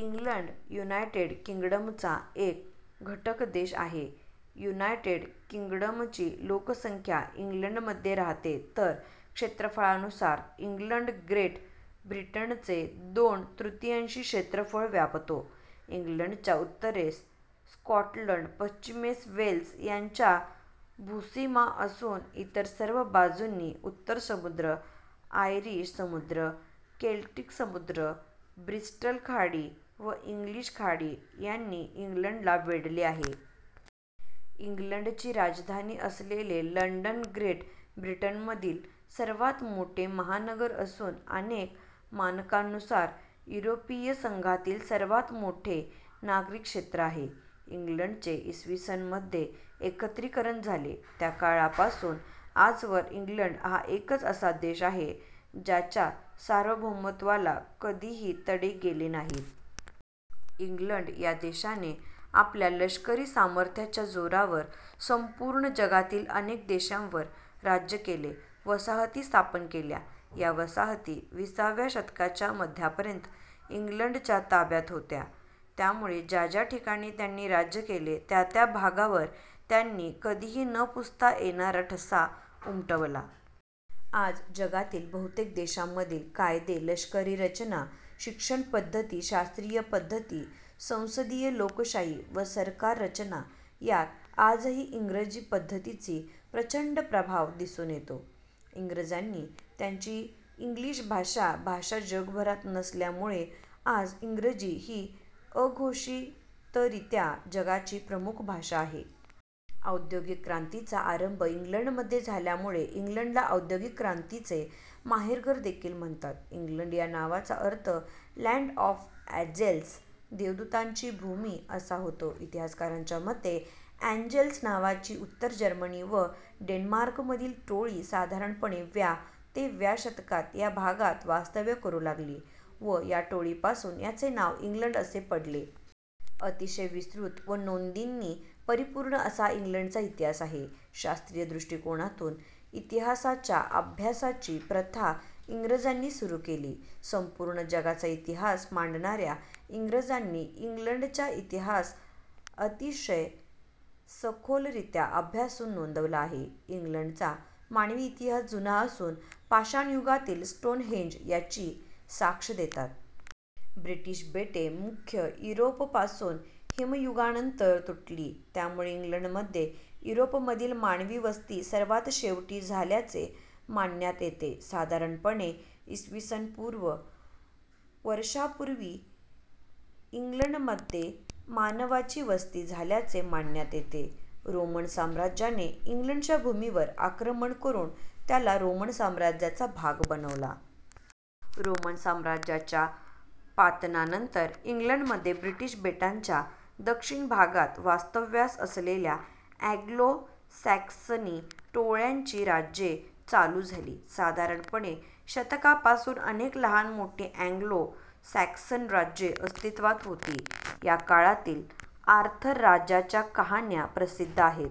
England United किंग्डमचा एक घटकदेश आहे. युनायटेड किंग्डमची लोकसंख्या इंग्लंडमध्ये राहते; तर क्षेत्रफळानुसार इंग्लंड ग्रेट ब्रिटनचे दोन तृतीयांश क्षेत्रफळ व्यापतो. इंग्लंडच्या उत्तरेस स्कॉटलंड, पश्चिमेस वेल्स यांच्या भूसीमा असून इतर सर्व बाजूंनी उत्तर समुद्र, आयरिश समुद्र, केल्टिक समुद्र, ब्रिस्टल खाडी व इंग्लिश खाडी यांनी इंग्लंडला वेढले आहे. इंग्लंडची राजधानी असलेले लंडन ग्रेट ब्रिटनमधील सर्वात मोठे महानगर असून अनेक मानकांनुसार युरोपीय संघातील सर्वात मोठे नागरी क्षेत्र आहे. इंग्लंडचे इ. स. मध्ये एकत्रीकरण झाले त्या काळापासून आजवर इंग्लंड हा एकच असा देश आहे ज्याच्या सार्वभौमत्वाला कधीही तडे गेले नाहीत. इंग्लंड या देशाने आपल्या लष्करी सामर्थ्याच्या जोरावर संपूर्ण जगातील अनेक देशांवर राज्य केले, वसाहती स्थापन केल्या. या वसाहती विसाव्या शतकाच्या मध्यापर्यंत इंग्लंडच्या ताब्यात होत्या. त्यामुळे ज्या ज्या ठिकाणी त्यांनी राज्य केले त्या त्या भागावर त्यांनी कधीही न पुसता येणारा ठसा उमटवला. आज जगातील बहुतेक देशांमधील कायदे, लष्करी रचना, शिक्षण पद्धति, शास्त्रीय पद्धति, संसदीय लोकशाही व सरकार रचना यांत आजही इंग्रजी पद्धतिीचा प्रचंड प्रभाव दिसून येतो. इंग्रजांनी त्यांची इंग्लिश भाषा भाषा जगभरात नेल्यामुळे आज इंग्रजी ही अघोषितरित्या जगाची प्रमुख भाषा आहे. औद्योगिक क्रांतीचा आरंभ इंग्लंडमध्ये झाल्यामुळे इंग्लंडला औद्योगिक क्रांतीचे माहेरघर देखील म्हणतात. इंग्लंड या नावाचा अर्थ लँड ऑफ ॲंजेल्स. देवदूतांची भूमी असा होतो. इतिहासकारांच्या मते ॲंजेल्स नावाची उत्तर जर्मनी व डेन्मार्क मधील टोळी साधारणपणे व्या ते व्या शतकात या भागात वास्तव्य करू लागली व या टोळीपासून याचे नाव इंग्लंड असे पडले. अतिशय विस्तृत व नोंदींनी परिपूर्ण असा इंग्लंडचा इतिहास आहे. शास्त्रीय दृष्टिकोनातून इतिहासाच्या अभ्यासाची प्रथा इंग्रजांनी सुरू केली. संपूर्ण जगाचा इतिहास मांडणाऱ्या इंग्रजांनी इंग्लंडच्या इतिहास अतिशय सखोलरीत्या अभ्यासून नोंदवला आहे. इंग्लंडचा मानवी इतिहास जुना असून पाषाणयुगातील स्टोनहेंज याची साक्ष देतात. ब्रिटिश बेटे मुख्य युरोपापासून हिमयुगानंतर तुटली त्यामुळे इंग्लंडमध्ये युरोपमधील मानवी वस्ती सर्वात शेवटी झाल्याचे मानण्यात येते. साधारणपणे इ. स. पू. वर्षांपूर्वी इंग्लंडमध्ये मानवाची वसती झाल्याचे मानण्यात येते. रोमन साम्राज्याने इंग्लंडच्या भूमीवर आक्रमण करून त्याला रोमन साम्राज्याचा भाग बनवला. रोमन साम्राज्याच्या पतनानंतर इंग्लंडमध्ये ब्रिटिश बेटांच्या दक्षिण भागात वास्तव्यास असलेल्या ॲंग्लो सॅक्सनी टोळ्यांची राज्ये चालू झाली. साधारणपणे शतकापासून अनेक लहान मोठी ॲंग्लो सॅक्सन राज्ये अस्तित्त्वात होती. या काळातील आर्थर राजाच्या कहाण्या प्रसिद्ध आहेत.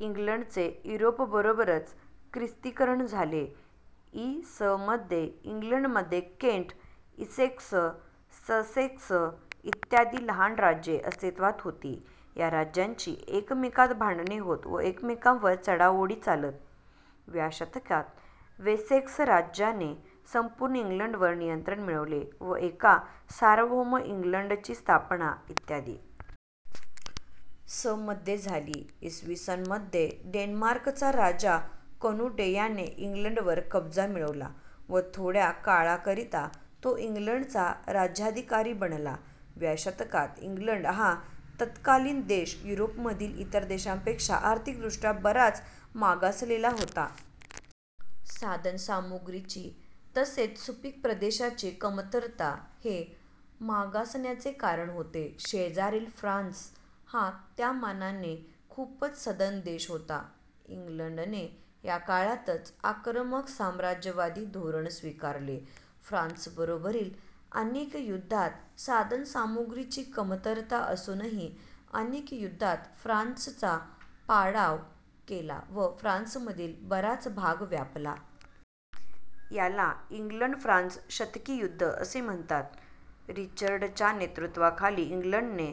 इंग्लंडचे युरोपबरोबरच ख्रिस्तीकरण झाले. इ. स. मध्ये इंग्लंडमध्ये केंट, इसेक्स, ससेक्स इत्यादी लहान राज्ये अस्तित्त्वात होती. या राज्यांची एकमेकात भांडणे होत व एकमेकांवर चढाओढी चालत. व्या शतकात वेसेक्स राज्याने संपूर्ण इंग्लंडवर नियंत्रण मिळवले व एका सार्वभौम इंग्लंडची स्थापना इ. स. मध्ये झाली. इ. स. मध्ये डेन्मार्कचा राजा कनुटे याने इंग्लंडवर कब्जा मिळवला व थोड्या काळाकरिता तो इंग्लंडचा राज्याधिकारी बनला. व्या शतकात इंग्लंड हा तत्कालीन देश युरोपमधील इतर देशांपेक्षा आर्थिकदृष्ट्या बराच मागसलेला होता. साधनसामुग्रीची तसेच सुपीक प्रदेशाची कमतरता हे मागासण्याचे कारण होते. शेजारील फ्रान्स हा त्यामानाने खूपच सधन देश होता. इंग्लंडने या काळातच आक्रमक साम्राज्यवादी धोरण स्वीकारले. फ्रान्स बरोबरील अनेक युद्धात साधन सामुग्रीची कमतरता असूनही अनेक युद्धात फ्रान्सचा पाडाव केला व फ्रान्समधील बराच भाग व्यापला. याला इंग्लंड फ्रान्स शतकी युद्ध असे म्हणतात. रिचर्डच्या नेतृत्वाखाली इंग्लंडने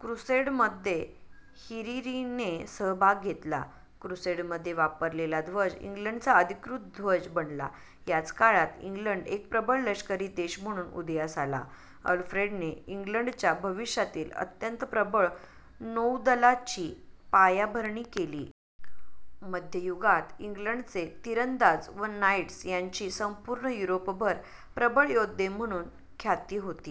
क्रुसेडमध्ये हिरीरीने सहभाग घेतला. क्रुसेडमध्ये वापरलेला ध्वज इंग्लंडचा अधिकृत ध्वज बनला. याच काळात इंग्लंड एक प्रबळ लष्करी देश म्हणून उदयास आला. अल्फ्रेडने इंग्लंडच्या भविष्यातील अत्यंत प्रबळ नौदलाची पायाभरणी केली. मध्ययुगात इंग्लंडचे तिरंदाज व नाईट्स यांची संपूर्ण युरोपभर प्रबळ योद्धे म्हणून ख्याती होती.